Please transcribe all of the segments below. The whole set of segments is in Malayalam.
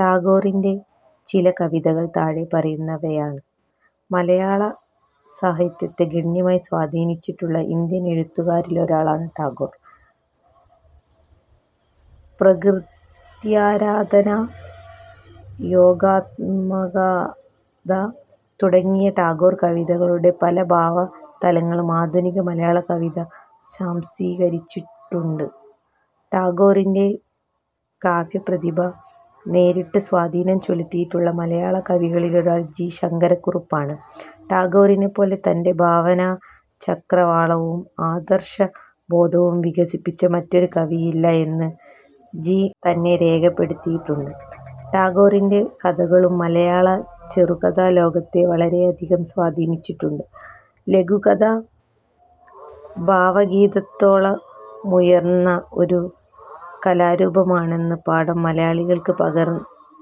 ടാഗോറിൻ്റെ ചില കവിതകൾ താഴെ പറയുന്നവയാണ്. മലയാള സാഹിത്യത്തെ ഗണ്യമായി സ്വാധീനിച്ചിട്ടുള്ള ഇന്ത്യൻ എഴുത്തുകാരിലൊരാളാണ് ടാഗോർ. പ്രകൃത്യാരാധന, യോഗാത്മകത തുടങ്ങിയ ടാഗോർ കവിതകളുടെ പല ഭാവതലങ്ങളും ആധുനിക മലയാള കവിത സ്വാംശീകരിച്ചിട്ടുണ്ട്. ടാഗോറിൻ്റെ കാവ്യപ്രതിഭ നേരിട്ട് സ്വാധീനം ചെലുത്തിയിട്ടുള്ള മലയാള കവികളിലൊരാൾ ജി. ശങ്കരക്കുറുപ്പാണ്. ടാഗോറിനെപ്പോലെ തൻ്റെ ഭാവനാചക്രവാളവും ആദർശബോധവും വികസിപ്പിച്ച മറ്റൊരു കവിയില്ല എന്ന് ജി. തന്നെ രേഖപ്പെടുത്തിയിട്ടുണ്ട്. ടാഗോറിൻ്റെ കഥകളും മലയാള ചെറുകഥാലോകത്തെ വളരെ അധികം സ്വാധീനിച്ചിട്ടുണ്ട്. ലഘുകഥ ഭാവഗീതത്തോളമുയർന്ന ഒരു കലാരൂപമാണെന്ന പാഠം മലയാളികൾക്ക് പകർ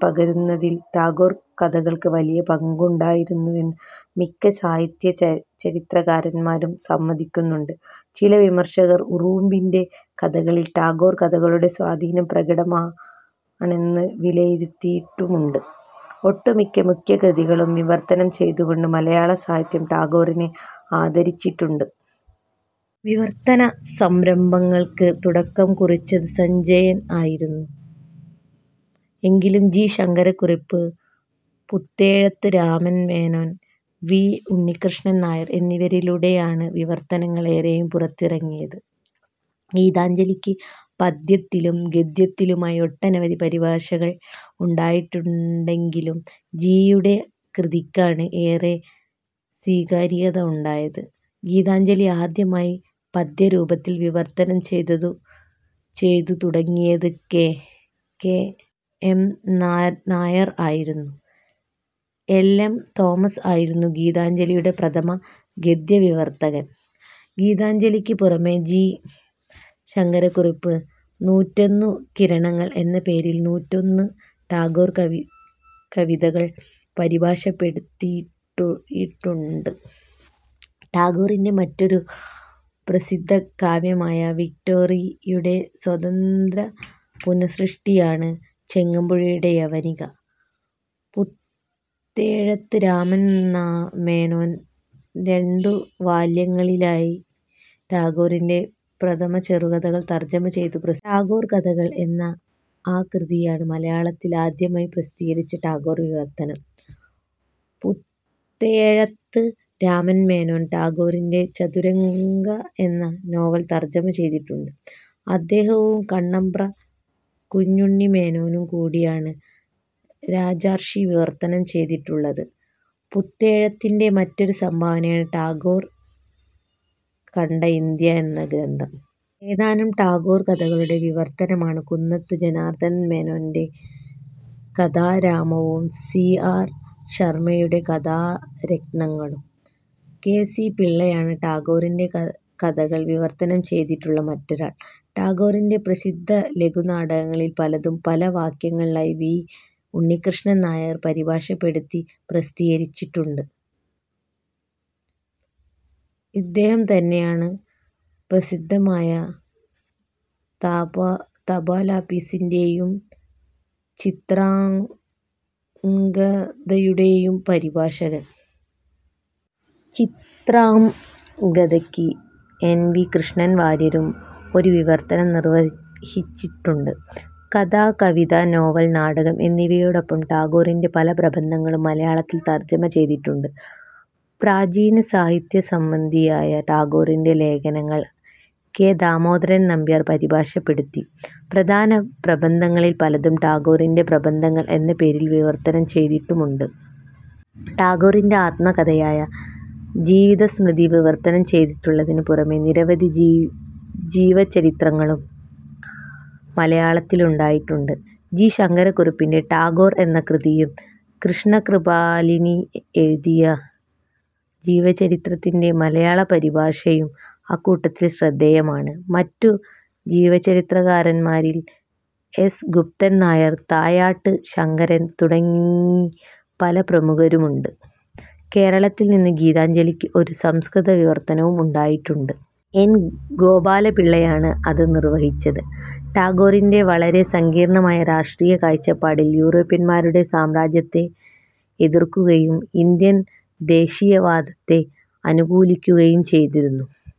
പകരുന്നതിൽ ടാഗോർ കഥകൾക്ക് വലിയ പങ്കുണ്ടായിരുന്നുവെന്ന് മിക്ക സാഹിത്യച ചരിത്രകാരന്മാരും സമ്മതിക്കുന്നുണ്ട്. ചില വിമർശകർ ഉറൂബിൻ്റെ കഥകളിൽ ടാഗോർ കഥകളുടെ സ്വാധീനം പ്രകടമാണെന്ന് വിലയിരുത്തിയിട്ടുമുണ്ട്. ഒട്ടുമിക്ക മുഖ്യകൃതികളും വിവർത്തനം ചെയ്തുകൊണ്ട് മലയാള സാഹിത്യം ടാഗോറിനെ ആദരിച്ചിട്ടുണ്ട്. വിവർത്തന സംരംഭങ്ങൾക്ക് തുടക്കം കുറിച്ചത് സഞ്ജയൻ ആയിരുന്നു. എങ്കിലും ജി. ശങ്കരക്കുറുപ്പ്, പുത്തേഴത്ത് രാമൻ മേനോൻ, വി. ഉണ്ണിക്കൃഷ്ണൻ നായർ എന്നിവരിലൂടെയാണ് വിവർത്തനങ്ങൾ ഏറെയും പുറത്തിറങ്ങിയത്. ഗീതാഞ്ജലിക്ക് പദ്യത്തിലും ഗദ്യത്തിലുമായി ഒട്ടനവധി പരിഭാഷകൾ ഉണ്ടായിട്ടുണ്ടെങ്കിലും ജി. യുടെ കൃതിക്കാണ് ഏറെ സ്വീകാര്യത ഉണ്ടായത്. ഗീതാഞ്ജലി ആദ്യമായി പദ്യരൂപത്തിൽ വിവർത്തനം ചെയ്തതു ചെയ്തു തുടങ്ങിയത് കെ.കെ എം. നായർ ആയിരുന്നു. എൽ. എം. തോമസ് ആയിരുന്നു ഗീതാഞ്ജലിയുടെ പ്രഥമ ഗദ്യവിവർത്തകൻ. ഗീതാഞ്ജലിക്ക് പുറമേ ജി. ശങ്കരക്കുറുപ്പ് നൂറ്റൊന്നു കിരണങ്ങൾ എന്ന പേരിൽ നൂറ്റിയൊന്ന് ടാഗോർ കവി കവിതകൾ പരിഭാഷപ്പെടുത്തിയിട്ടു ത്തിയിട്ടുണ്ട്. ടാഗോറിൻ്റെ മറ്റൊരു പ്രസിദ്ധ കാവ്യമായ വികേട്രേറിയുടെ സ്വതന്ത്ര പുനഃസൃഷ്ടിയാണ് ചങ്ങമ്പുഴയുടെ യവനിക. പുത്തേഴത്ത് രാമൻ മേനോൻ രണ്ടു വാല്യങ്ങളിലായി ടാഗോറിൻ്റെ പ്രഥമ ചെറുകഥകൾ തർജ്ജമ ചെയ്തു പ്രസി ടാഗോർ കഥകൾ എന്ന ആ കൃതിയാണ് മലയാളത്തിൽ ആദ്യമായി പ്രസിദ്ധീകരിച്ച ടാഗോർ വിവർത്തനം. പുത്തേഴത്ത് രാമൻ മേനോൻ ടാഗോറിൻ്റെ ചതുരംഗ എന്ന നോവൽ തർജ്ജമ ചെയ്തിട്ടുണ്ട്. അദ്ദേഹവും കണ്ണമ്പ്ര കുഞ്ഞുണ്ണിമേനോനും കൂടിയാണ് രാജർഷി വിവർത്തനം ചെയ്തിട്ടുള്ളത്. പുത്തേഴത്തിൻ്റെ മറ്റൊരു സംഭാവനയായ ടാഗോർ കണ്ട ഇന്ത്യ എന്ന ഗ്രന്ഥം. ഏതാനും ടാഗോർ കഥകളുടെ വിവർത്തനമാണ് കുന്നത്ത് ജനാർദൻമേനോൻ്റെ കഥാരാമവും സി. ആർ. ശർമയുടെ കഥാരത്നങ്ങളും. കെ. സി. പിള്ളയാണ് ടാഗോറിൻ്റെ ക കഥകൾ വിവർത്തനം ചെയ്തിട്ടുള്ള മറ്റൊരാൾ. ടാഗോറിൻ്റെ പ്രസിദ്ധ ലഘുനാടകങ്ങളിൽ പലതും പല വാക്യങ്ങളിലായി വി. ഉണ്ണിക്കൃഷ്ണൻ നായർ പരിഭാഷപ്പെടുത്തി പ്രസിദ്ധീകരിച്ചിട്ടുണ്ട്. ഇദ്ദേഹം തന്നെയാണ് പ്രസിദ്ധമായ ത തപാലാപ്പീസിൻ്റെയും ചിത്രാംഗദയുടെയും പരിഭാഷകൻ. ചിത്രാംഗദയ്ക്ക് എൻ. വി. കൃഷ്ണൻവാര്യരും ഒരു വിവർത്തനം നിർവഹിച്ചിട്ടുണ്ട്. കഥ, കവിത, നോവൽ, നാടകം എന്നിവയോടൊപ്പം ടാഗോറിൻ്റെ പല പ്രബന്ധങ്ങളും മലയാളത്തിൽ തർജ്ജമ ചെയ്തിട്ടുണ്ട്. പ്രാചീന സാഹിത്യസംബന്ധിയായ ടാഗോറിൻ്റെ ലേഖനങ്ങൾ കെ. ദാമോദരൻ നമ്പ്യാർ പരിഭാഷപ്പെടുത്തി. പ്രധാന പ്രബന്ധങ്ങളിൽ പലതും ടാഗോറിൻ്റെ പ്രബന്ധങ്ങൾ എന്ന പേരിൽ വിവർത്തനം ചെയ്തിട്ടുമുണ്ട്. ടാഗോറിൻ്റെ ആത്മകഥയായ ജീവിതസ്മൃതി വിവർത്തനം ചെയ്തിട്ടുള്ളതിന് പുറമേ നിരവധി ജീവചരിത്രങ്ങളും മലയാളത്തിലുണ്ടായിട്ടുണ്ട്. ജി. ശങ്കരക്കുറുപ്പിൻ്റെ ടാഗോർ എന്ന കൃതിയും കൃഷ്ണ കൃപാലിനി എഴുതിയ ജീ ജീവചരിത്രത്തിൻ്റെ മലയാള പരിഭാഷയും അക്കൂട്ടത്തിൽ ശ്രദ്ധേയമാണ്. മറ്റു ജീവചരിത്രകാരന്മാരിൽ എസ്. ഗുപ്തൻ നായർ, തായാട്ട് ശങ്കരൻ തുടങ്ങി പല പ്രമുഖരുമുണ്ട്. കേരളത്തിൽ നിന്ന് ഗീതാഞ്ജലിക്ക് ഒരു സംസ്കൃത വിവർത്തനവും ഉണ്ടായിട്ടുണ്ട്. എൻ. ഗോപാലപിള്ളയാണ് അത് നിർവഹിച്ചത്. ടാഗോറിൻ്റെ വളരെ സങ്കീർണ്ണമായ രാഷ്ട്രീയ കാഴ്ചപ്പാടിൽ യൂറോപ്യന്മാരുടെ സാമ്രാജ്യത്വത്തെ എതിർക്കുകയും ഇന്ത്യൻ ദേശീയവാദത്തെ അനുകൂലിക്കുകയും ചെയ്തിരുന്നു.